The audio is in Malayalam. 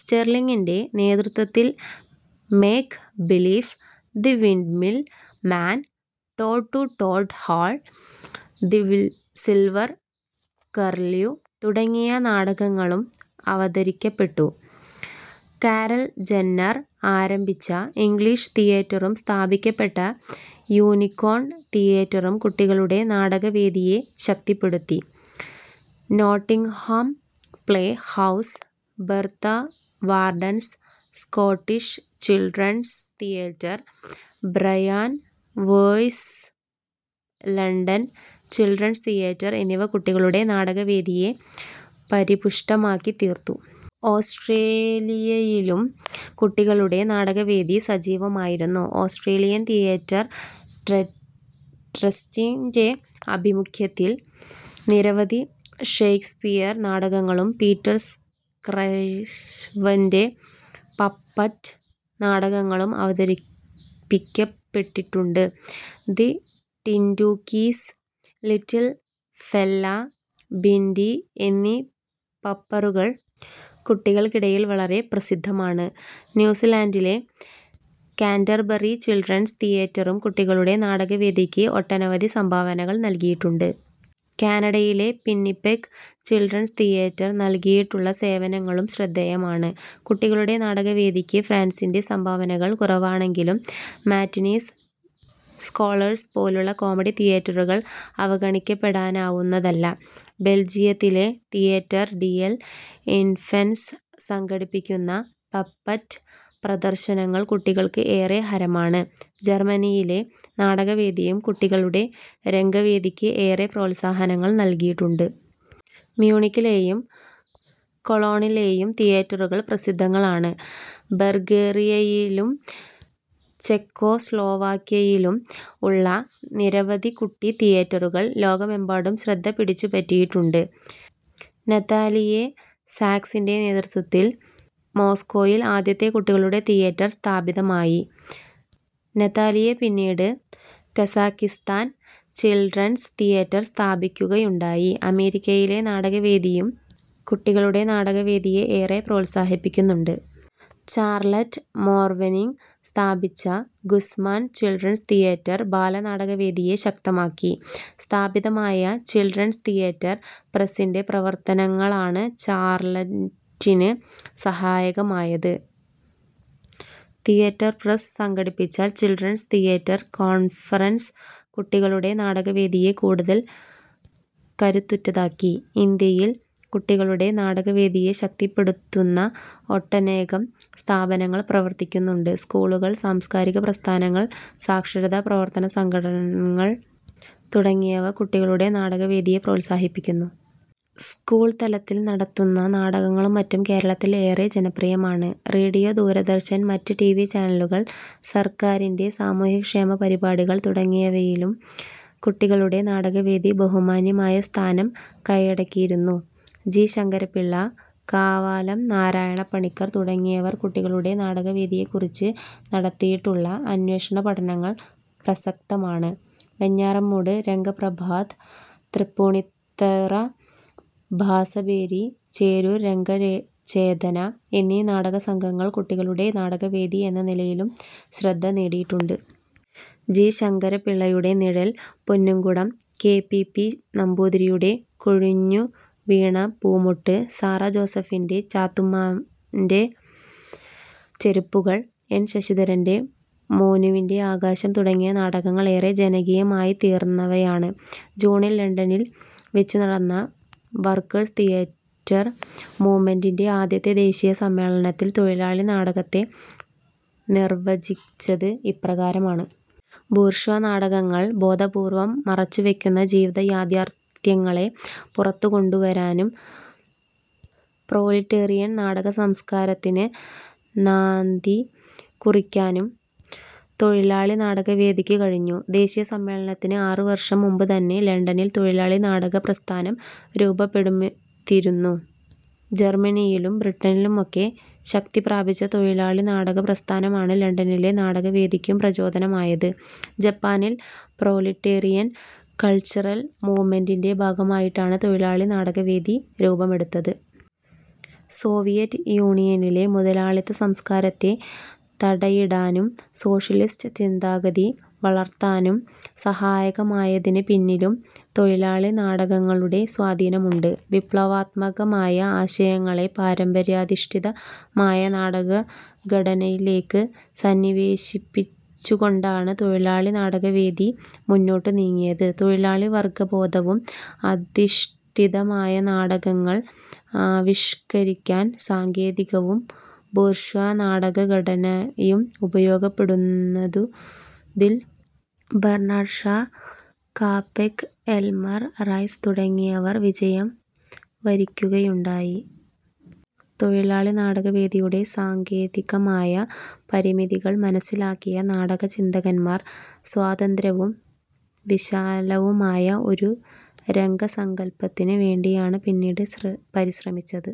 സ്റ്റെർലിങ്ങിൻ്റെ നേതൃത്വത്തിൽ make believe, the windmill man, Toad to Toad Hall, the will silver curlew തുടങ്ങിയ നാടകങ്ങളും അവതരിക്കപ്പെട്ടു. കാരൽ ജന്നർ ആരംഭിച്ച ഇംഗ്ലീഷ് തിയേറ്ററും സ്ഥാപിക്കപ്പെട്ട യൂനിക്കോൺ തിയേറ്ററും കുട്ടികളുടെ നാടകവേദിയെ ശക്തിപ്പെടുത്തി. Nottingham play house, Bertha Wardens Scottish children's theatre, Brian Way's London children's theatre എന്നിവ കുട്ടികളുടെ നാടകവേദിയെ പരിപുഷ്ടമാക്കിത്തീർത്തു. ഓസ്ട്രേലിയയിലും കുട്ടികളുടെ നാടകവേദി സജീവമായിരുന്നു. ഓസ്ട്രേലിയൻ തിയേറ്റർ ട്ര ട്രസ്റ്റിൻ്റെ അഭിമുഖ്യത്തിൽ നിരവധി ഷെയ്ക്സ്പിയർ നാടകങ്ങളും പീറ്റർ സ്ക്രൈവൻ്റെ പപ്പറ്റ് നാടകങ്ങളും അവതരിപ്പിക്കപ്പെട്ടിട്ടുണ്ട്. The Tintookies, little fella Bindi എന്നീ പപ്പറുകൾ കുട്ടികൾക്കിടയിൽ വളരെ പ്രസിദ്ധമാണ്. ന്യൂസിലൻഡിലെ കാൻ്റർബറി ചിൽഡ്രൻസ് തിയേറ്ററും കുട്ടികളുടെ നാടകവേദിയ്ക്ക് ഒട്ടനവധി സംഭാവനകൾ നൽകിയിട്ടുണ്ട്. കാനഡയിലെ പിന്നിപെഗ് ചിൽഡ്രൻസ് തിയേറ്റർ നൽകിയിട്ടുള്ള സേവനങ്ങളും ശ്രദ്ധേയമാണ്. കുട്ടികളുടെ നാടകവേദിക്ക് ഫ്രാൻസിൻ്റെ സംഭാവനകൾ കുറവാണെങ്കിലും മാറ്റിനീസ് സ്കോളേഴ്സ് പോലുള്ള കോമഡി തിയേറ്ററുകൾ അവഗണിക്കപ്പെടാനാവുന്നതല്ല. ബെൽജിയത്തിലെ തിയേറ്റർ ഡി എൽ ഇൻഫൻസ് സംഘടിപ്പിക്കുന്ന പപ്പറ്റ് പ്രദർശനങ്ങൾ കുട്ടികൾക്ക് ഏറെ ഹരമാണ്. ജർമനിയിലെ നാടകവേദിയും കുട്ടികളുടെ രംഗവേദിക്ക് ഏറെ പ്രോത്സാഹനങ്ങൾ നൽകിയിട്ടുണ്ട്. മ്യൂണിക്കിലെയും കൊളോണിലെയും തിയേറ്ററുകൾ പ്രസിദ്ധങ്ങളാണ്. ബൾഗേറിയയിലും ചെക്കോസ്ലോവാക്യയിലും ഉള്ള നിരവധി കുട്ടി തിയേറ്ററുകൾ ലോകമെമ്പാടും ശ്രദ്ധ പിടിച്ചുപറ്റിയിട്ടുണ്ട്. നതാലിയേ സാക്സിൻ്റെ നേതൃത്വത്തിൽ മോസ്കോയിൽ ആദ്യത്തെ കുട്ടികളുടെ തിയേറ്റർ സ്ഥാപിതമായി. നതാലിയേ പിന്നീട് കസാക്കിസ്താൻ ചിൽഡ്രൻസ് തിയേറ്റർ സ്ഥാപിക്കുകയുണ്ടായി. അമേരിക്കയിലെ നാടകവേദിയും കുട്ടികളുടെ നാടകവേദിയെ ഏറെ പ്രോത്സാഹിപ്പിക്കുന്നുണ്ട്. ചാർലറ്റ് മോർവെനിങ് സ്ഥാപിച്ച ഗുസ്മാൻ ചിൽഡ്രൻസ് തിയേറ്റർ ബാലനാടകവേദിയെ ശക്തമാക്കി. സ്ഥാപിതമായ ചിൽഡ്രൻസ് തിയേറ്റർ പ്രസ്സിൻ്റെ പ്രവർത്തനങ്ങളാണ് ചാർലറ്റിന് സഹായകമായത്. തിയേറ്റർ പ്രസ് സംഘടിപ്പിച്ച ചിൽഡ്രൻസ് തിയേറ്റർ കോൺഫറൻസ്, കുട്ടികളുടെ നാടകവേദിയെ കൂടുതൽ കരുത്തുറ്റതാക്കി. ഇന്ത്യയിൽ, കുട്ടികളുടെ നാടകവേദിയെ ശക്തിപ്പെടുത്തുന്ന ഒട്ടനേകം സ്ഥാപനങ്ങൾ പ്രവർത്തിക്കുന്നുണ്ട്. സ്കൂളുകൾ, സാംസ്കാരിക പ്രസ്ഥാനങ്ങൾ, സാക്ഷരതാ പ്രവർത്തനസംഘടങ്ങൾ തുടങ്ങിയവ കുട്ടികളുടെ നാടകവേദിയെ പ്രോത്സാഹിപ്പിക്കുന്നു. സ്കൂൾ തലത്തിൽ നടത്തുന്ന നാടകങ്ങളും മറ്റും കേരളത്തിൽ ഏറെ ജനപ്രിയമാണ്. റേഡിയോ, ദൂരദർശൻ, മറ്റ് ടിവി ചാനലുകൾ, സർക്കാരിൻ്റെ സാമൂഹ്യക്ഷേമ പരിപാടികൾ തുടങ്ങിയവയിലും കുട്ടികളുടെ നാടകവേദി ബഹുമാന്യമായ സ്ഥാനം കയ്യടക്കിയിരുന്നു. ജി ശങ്കരപ്പിള്ള, കാവാലം നാരായണപ്പണിക്കർ തുടങ്ങിയവർ കുട്ടികളുടെ നാടകവേദിയെക്കുറിച്ച് നടത്തിയിട്ടുള്ള അന്വേഷണപഠനങ്ങൾ പ്രസക്തമാണ്. വെഞ്ഞാറമൂട് രംഗപ്രഭാത്, തൃപ്പൂണിതറ ഭാസഭേരി, ചേരൂർ രംഗചേതന എന്നീ നാടകസംഘങ്ങൾ കുട്ടികളുടെ നാടകവേദി എന്ന നിലയിലും ശ്രദ്ധ നേടിയിട്ടുണ്ട്. ജി ശങ്കരപ്പിള്ളയുടെ Nizhal, Ponnumkudam, K P P നമ്പൂതിരിയുടെ കൊഴിഞ്ഞുവീണ പൂമൊട്ട്, സാറാ ജോസഫിൻ്റെ ചാത്തുമ്മാൻ്റെ ചെരുപ്പുകൾ, എൻ ശശിധരൻ്റെ മോനുവിൻ്റെ ആകാശം തുടങ്ങിയ നാടകങ്ങൾ ഏറെ ജനകീയമായിത്തീർന്നവയാണ്. ജൂണിൽ ലണ്ടനിൽ വെച്ചുനടന്ന വർക്കേഴ്സ് തിയേറ്റർ മൂവ്മെൻ്റിൻ്റെ ആദ്യത്തെ ദേശീയ സമ്മേളനത്തിൽ തൊഴിലാളി നാടകത്തെ നിർവചിച്ചത് ഇപ്രകാരമാണ്. ബൂർഷ്വാ നാടകങ്ങൾ ബോധപൂർവം മറച്ചുവെക്കുന്ന ജീവിത യാഥാർഥ്യങ്ങളെ പുറത്തുകൊണ്ടുവരാനും പ്രോലിട്ടേറിയൻ നാടക സംസ്കാരത്തിന് നാന്ദി കുറിക്കാനും തൊഴിലാളി നാടകവേദിക്കു കഴിഞ്ഞു. ദേശീയ സമ്മേളനത്തിന് ആറുവർഷം മുമ്പുതന്നെ ലണ്ടനിൽ തൊഴിലാളി നാടകപ്രസ്ഥാനം രൂപപെടുമെത്തിരുന്നു. ജർമനിയിലും ബ്രിട്ടനിലുമൊക്കെ ശക്തിപ്രാപിച്ച തൊഴിലാളിനാടക പ്രസ്ഥാനമാണ് ലണ്ടനിലെ നാടകവേദിക്കും പ്രചോദനമായത്. ജപ്പാനിൽ പ്രോലിട്ടേറിയൻ കൾച്ചറൽ മൂവ്മെൻ്റിൻ്റെ ഭാഗമായിട്ടാണ് തൊഴിലാളി നാടകവേദി രൂപമെടുത്തത്. സോവിയറ്റ് യൂണിയനിലെ മുതലാളിത്തസംസ്കാരത്തെ തടയിടാനും സോഷ്യലിസ്റ്റ് ചിന്താഗതി വളർത്താനും സഹായകമായതിന് പിന്നിലും തൊഴിലാളി നാടകങ്ങളുടെ സ്വാധീനമുണ്ട്. വിപ്ലവാത്മകമായ ആശയങ്ങളെ, പാരമ്പര്യാധിഷ്ഠിതമായ നാടകഘടനയിലേക്ക് സന്നിവേശിപ്പിച്ചുകൊണ്ടാണ് തൊഴിലാളി നാടകവേദി മുന്നോട്ട് നീങ്ങിയത്. തൊഴിലാളിവർഗബോധവും അധിഷ്ഠിതമായ നാടകങ്ങൾ ആവിഷ്കരിക്കാൻ സാങ്കേതികവും ബൂർഷ്വാനാടകഘടനയും ഉപയോഗപ്പെടുന്നതു തിൽ Bernard Shaw, Capek, Elmer Rice തുടങ്ങിയവർ വിജയം വരിക്കുകയുണ്ടായി. തൊഴിലാളിനാടകവേദിയുടെ സാങ്കേതികമായ പരിമിതികൾ മനസ്സിലാക്കിയ നാടക ചിന്തകന്മാർ, സ്വതന്ത്രവും വിശാലവുമായ ഒരു രംഗസങ്കൽപ്പത്തിന് വേണ്ടിയാണ് പിന്നീട് ശ്ര പരിശ്രമിച്ചത്.